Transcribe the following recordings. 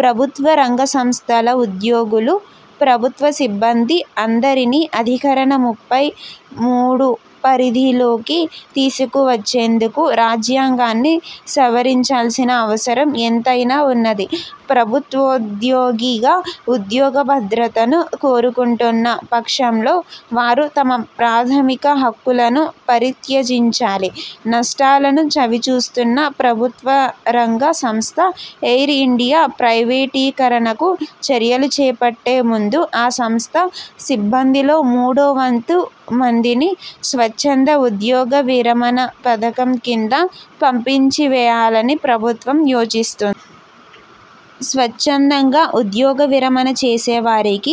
ప్రభుత్వ రంగ సంస్థల ఉద్యోగులు, ప్రభుత్వ సిబ్బంది అందరినీ అధికరణ ముప్పై మూడు పరిధి లోకి తీసుకువచ్చేందుకు రాజ్యాంగాన్ని సవరించాల్సిన అవసరం ఎంతైనా వున్నది. ప్రభుత్వోద్యోగిగా ఉద్యోగ భద్రతను కోరుకొంటున్న పక్షంలో వారు తమ ప్రాథమిక హక్కులను పరిత్యజించాలి. నష్టాలను చవిచూస్తున్న ప్రభుత్వరంగ సంస్థ ఎయిర్ ఇండియా ప్రైవేటీకరణకు చర్యలు చేపట్టే ముందు, ఆ సంస్థ సిబ్బందిలో మూడో వంతు మందిని స్వచ్ఛంద ఉద్యోగవిరమణ పథకం కింద పంపించివేయాలని ప్రభుత్వం యోచిస్తో. స్వచ్ఛందంగా ఉద్యోగ విరమణ చేసేవారికి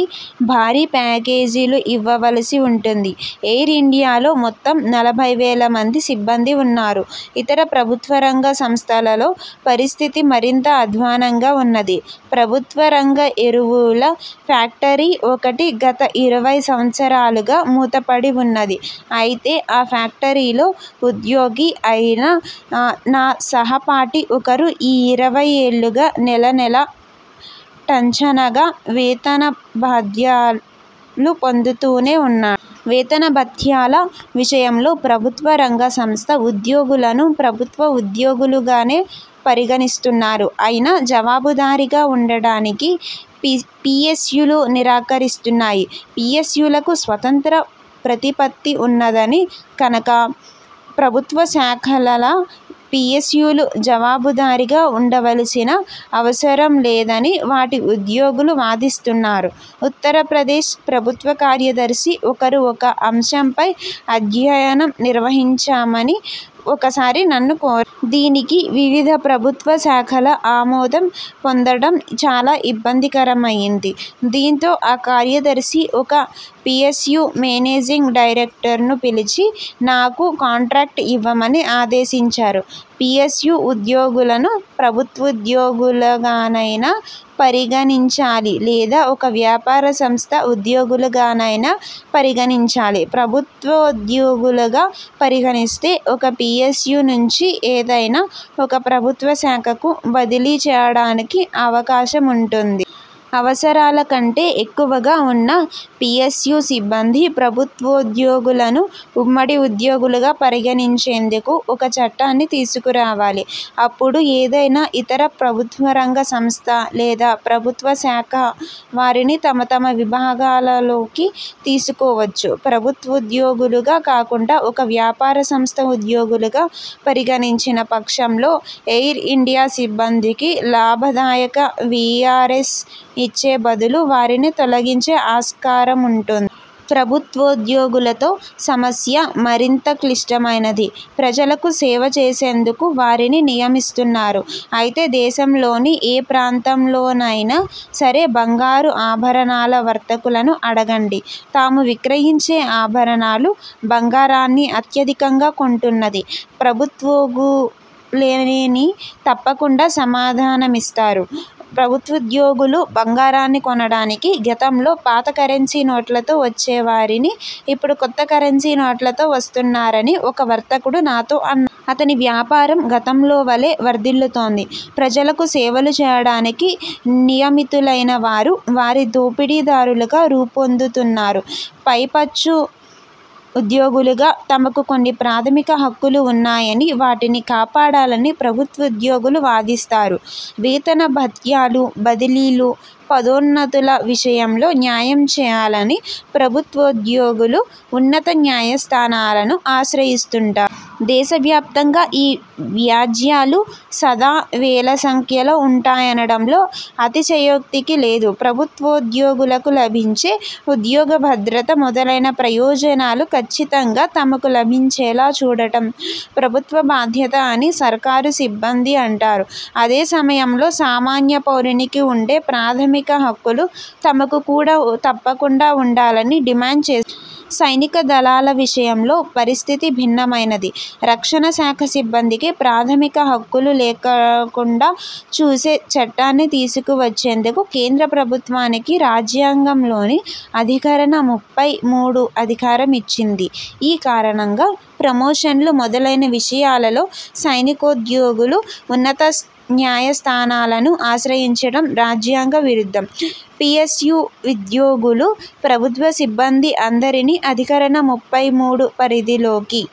భారీ ప్యాకేజీలు ఇవ్వవలసివుంటుంది. ఎయిర్ ఇండియాలో మొత్తం నలభై వేల మంది సిబ్బంది వున్నారు. ఇతర ప్రభుత్వరంగ సంస్థలలో పరిస్థితి మరింత అధ్వాన్నంగా వున్నది. ప్రభుత్వ రంగ ఎరువుల ఫ్యాక్టరీ ఒకటి గత ఇరవై సంవత్సరాలుగా మూతపడివున్నది. అయితే, ఆ ఫ్యాక్టరీలో ఉద్యోగి అయిన నా నా సహపాఠి ఒకరు ఈ ఇరవై ఏళ్ళుగా నెలనెలా ఠంచన్గా వేతనభత్యాలు పొందుతూనే వున్నా! వేతన భత్యాల విషయంలో ప్రభుత్వ రంగ సంస్థ ఉద్యోగులను ప్రభుత్వ ఉద్యోగులుగానే పరిగణిస్తున్నారు. అయినా జవాబుదారీగా వుండడానికి పి పిఎస్యులు నిరాకరిస్తున్నాయి. పిఎస్యులకు స్వతంత్ర ప్రతిపత్తి ఉన్నదని, కనక ప్రభుత్వ శాఖలలా పిఎస్యులు జవాబుదారీగా వుండవల్సిన అవసరంలేదని వాటి ఉద్యోగులు వాదిస్తున్నారు. ఉత్తరప్రదేశ్ ప్రభుత్వ కార్యదర్శి ఒకరు ఒక అంశంపై అధ్యయనం నిర్వహించ మని ఒకసారి నన్ను కో. దీనికి వివిధ ప్రభుత్వ శాఖల ఆమోదం పొందడం చాలా ఇబ్బందికరమయింది. దీంతో ఆ కార్యదర్శి ఒక పిఎస్యు మేనేజింగ్ డైరెక్టర్ను పిలిచి నాకు కాంట్రాక్టు ఇవ్వమని ఆదేశించారు. పిఎస్యు ఉద్యోగులను ప్రభుత్వోద్యోగులుగానైనా పరిగణించాలి లేదా ఒక వ్యాపార సంస్థ ఉద్యోగులుగానైనా పరిగణించాలి. ప్రభుత్వోద్యోగులుగా పరిగణిస్తే ఒక పిఎస్యు నుంచి ఏదైనా ఒక ప్రభుత్వ శాఖకు బదిలీ చేయడానికి అవకాశముంటుంది. అవసరాల కంటే ఎక్కువగా వున్న పిఎస్యు సిబ్బంది, ప్రభుత్వోద్యోగులను ఉమ్మడి ఉద్యోగులుగా పరిగణించేందుకు ఒక చట్టాన్ని తీసుకురావాలి. అప్పుడు ఏదైనా ఇతర ప్రభుత్వరంగ సంస్థ లేదా ప్రభుత్వ శాఖ వారిని తమ తమ విభాగాలలోకి తీసుకోవచ్చు. ప్రభుత్వోద్యోగులుగా కాకుండా ఒక వ్యాపారసంస్థ ఉద్యోగులుగా పరిగణించిన పక్షంలో ఎయిర్ ఇండియా సిబ్బందికి లాభదాయక విఆర్ఎస్ ఇచ్చే బదులు వారిని తొలగించే ఆస్కారముంటుం. ప్రభుత్వోద్యోగులతో సమస్య మరింత క్లిష్టమైనది. ప్రజలకు 'సేవ' చేసేందుకు వారిని నియమిస్తున్నారు. అయితే దేశంలోని ఏ ప్రాంతంలోనైనా సరే బంగారు ఆభరణాల వర్తకులను అడగండి. తాము విక్రయించే ఆభరణాలు, బంగారాన్ని అత్యధికంగా కొంటున్నది ప్రభుత్వోగులేనిని తప్పకుండా సమాధానమిస్తారు. ప్రభుత్వోద్యోగులు బంగారాన్ని కొనడానికి గతంలో పాత కరెన్సీ నోట్లతో వచ్చేవారిని, ఇప్పుడు కొత్త కరెన్సీ నోట్లతో వస్తున్నారని ఒక వర్తకుడు నాతో అన్నా. అతని వ్యాపారం గతంలోవలే వర్థిల్లుతోంది. ప్రజలకు సేవలు చేయడానికి నియమితులైనవారు వారి దోపిడీదారులుగా రూపొందుతున్నారు! పైపచ్చు ఉద్యోగులుగా తమకు కొన్ని ప్రాథమిక హక్కులు ఉన్నాయని, వాటిని కాపాడాలని ప్రభుత్వోద్యోగులు వాదిస్తారు. వేతన భత్యాలు, బదిలీలు, పదోన్నతుల విషయంలో న్యాయం చేయాలని ప్రభుత్వోద్యోగులు ఉన్నత న్యాయస్థానాలను ఆశ్రయిస్తుంటా. దేశవ్యాప్తంగా ఈ వ్యాజ్యాలు సదా వేల సంఖ్యలో ఉంటాయనడంలో అతిశయోక్తి కి లేదు. ప్రభుత్వోద్యోగులకు లభించే ఉద్యోగ భద్రత మొదలైన ప్రయోజనాలు కచ్చితంగా తమకు లభించేలా చూడటం ప్రభుత్వ బాధ్యత అని సర్కారు సిబ్బంది అంటారు. అదే సమయంలో సామన్య పౌరునికి వుండే ప్రాథమిక హక్కులు తమకు కూడా తప్పకుండా వుండాలని డిమాండ్ చేస్. సైనిక దళాల విషయంలో పరిస్థితి భిన్నమైనది. రక్షణ శాఖ సిబ్బందికి ప్రాథమిక హక్కులు లేకా కుండా చూసే చట్టాన్ని తీసుకువచ్చేందుకు కేంద్ర ప్రభుత్వానికి రాజ్యాంగంలోని అధికరణ ముప్పై మూడు అధికారమిచ్చింది. ఈ కారణంగా ప్రమోషన్లు మొదలైన విషయాలలో సైనికోద్యోగులు ఉన్నతన్యాయస్థానాలను ఆశ్రయించడం రాజ్యాంగ విరుద్ధం. పిఎస్యు ఉద్యోగులు, ప్రభుత్వ సిబ్బంది అందరినీ అధికరణ ముప్పై మూడు పరిధిలోకి